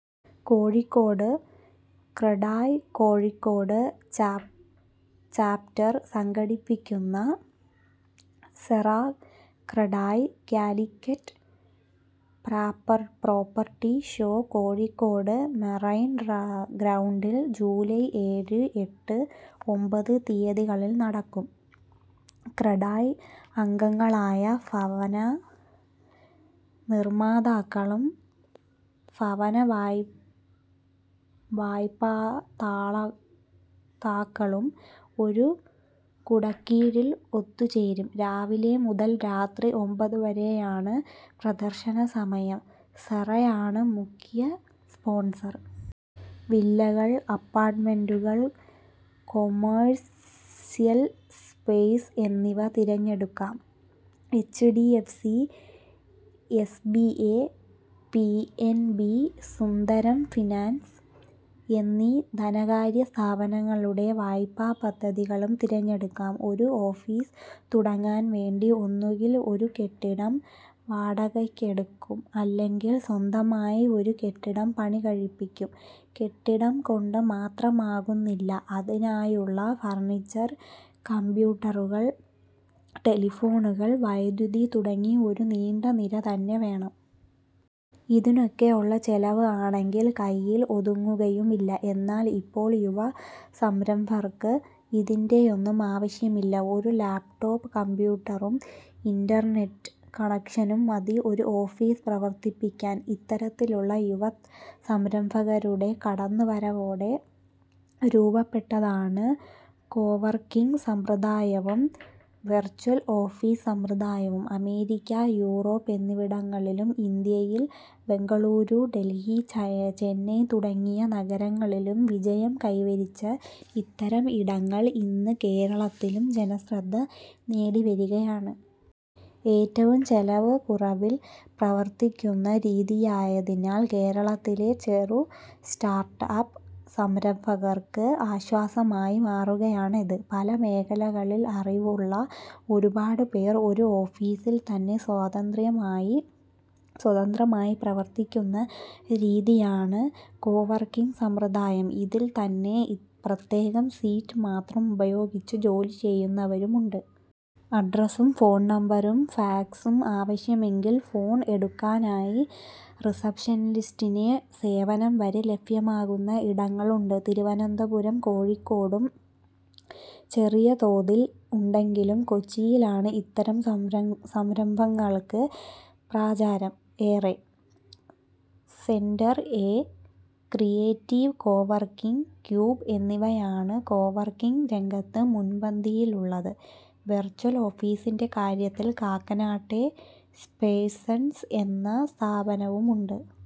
കോഴിക്കോട്:ക്രഡായ് Kozhikode chapter സംഘടിപ്പിക്കുന്ന Cera CREDAI Calicut property show Kozhikode marine ഗ്രൗണ്ടില് ജൂലായ് ഏഴ്, എട്ട്, ഒമ്പത് തിയതികളില് നടക്കും. ക്രഡായ് അംഗങ്ങളായ ഭവന നിര്മാതാക്കളും ഭവനവായ്പാദാതാക്കളും ഒരു കുടക്കീഴില് ഒത്തുചേരും. രാവിലെ മുതല് രാത്രി ഒമ്പതുവരെയാണ് പ്രദര്ശന സമയം. സെറയാണ് മുഖ്യ സ്പോണ്സര്. വില്ലകള്, അപ്പാര്ട്ട്മെന്റുകള്, കൊമേഴ്സ്യല് സ്പേസ് എന്നിവ തിരഞ്ഞെടുക്കാം. HDFC, SBI, PNB, Sundaram finance എന്നീ ധനകാര്യസ്ഥാപനങ്ങളുടെ വായ്പാപദ്ധതികളും തിരഞ്ഞെടുക്കാം. ഒരു ഓഫീസ് തുടങ്ങാൻ വേണ്ടി ഒന്നുകിൽ ഒരു കെട്ടിടം വാടകയ്ക്കെടുക്കും അല്ലെങ്കിൽ സ്വന്തമായി ഒരു കെട്ടിടം പണി കഴിപ്പിക്കും. കെട്ടിടം കൊണ്ട് മാത്രമാകുന്നില്ല അതിനായുള്ള ഫർണിച്ചർ, കംപ്യൂട്ടറുകൾ, ടെലിഫോണുകൾ, വൈദ്യുതി തുടങ്ങി ഒരു നീണ്ട നിര തന്നെ വേണം. ഇതിനൊക്കെയുള്ള ചെലവ് ആണെങ്കിൽ കൈയിൽ ഒതുങ്ങുകയുമില്ല. എന്നാൽ ഇപ്പോൾ യുവ സംരംഭകർക്ക് ഇതിന്റെയൊന്നും ആവശ്യമില്ല. ഒരു ലാപ്ടോപ് കംപ്യൂട്ടറും ഇന്റർനെറ്റ് കണക്ഷനും മതി ഒരു ഓഫീസ് പ്രവർത്തിപ്പിക്കാൻ. ഇത്തരത്തിലുള്ള യുവ സംരംഭകരുടെ കടന്നുവരവോടെ രൂപപ്പെട്ടതാണ് കോവർക്കിങ് സമ്പ്രദായവും വെർച്വൽ ഓഫീസ് സമ്പ്രദായവും. അമേരിക്ക, യൂറോപ്പ് എന്നിവിടങ്ങളിലും, ഇന്ത്യയിൽ ബെംഗളൂരു, ഡൽഹി, ചെന്നൈ തുടങ്ങിയ നഗരങ്ങളിലും വിജയം കൈവരിച്ച ഇത്തരം ഇടങ്ങൾ ഇന്ന് കേരളത്തിലും ജനശ്രദ്ധ നേടിവരികയാണ്. ഏറ്റവും ചെലവ് കുറവിൽ പ്രവർത്തിക്കുന്ന രീതിയായതിനാൽ കേരളത്തിലെ ചെറു സ്റ്റാർട്ട്അപ്പ് സംരംഭകർക്ക് ആശ്വാസമായി മാറുകയാണ് ഇത്. പല മേഖലകളിൽ അറിവുള്ള ഒരുപാട് പേർ ഒരു ഓഫീസിൽ തന്നെ സ്വതന്ത്രമായി പ്രവർത്തിക്കുന്ന രീതിയാണ് കോവർക്കിങ് സമ്പ്രദായം. ഇതിൽ തന്നെ പ്രത്യേകം സീറ്റ് മാത്രം ഉപയോഗിച്ച് ജോലി ചെയ്യുന്നവരുമുണ്ട്. അഡ്രസ്സും ഫോൺ നമ്പറും ഫാക്സും ആവശ്യമെങ്കിൽ ഫോൺ എടുക്കാനായി റിസപ്ഷനിസ്റ്റിന്റെ സേവനം വരെ ലഭ്യമാക്കുന്ന ഇടങ്ങളുണ്ട്. തിരുവനന്തപുരത്തും കോഴിക്കോടും ചെറിയ തോതിൽ ഉണ്ടെങ്കിലും കൊച്ചിയിലാണ് ഇത്തരം സംരംഭങ്ങൾക്ക് പ്രചാരം ഏറെ. Centre A, creative coworking cube എന്നിവയാണ് കോവർക്കിങ് രംഗത്ത് മുൻപന്തിയിലുള്ളത്. വെർച്വൽ ഓഫീസിന്റെ കാര്യത്തിൽ കാക്കനാട്ടെ സ്പേസ്ലാൻസ് എന്ന സ്ഥാപനവുമുണ്ട്.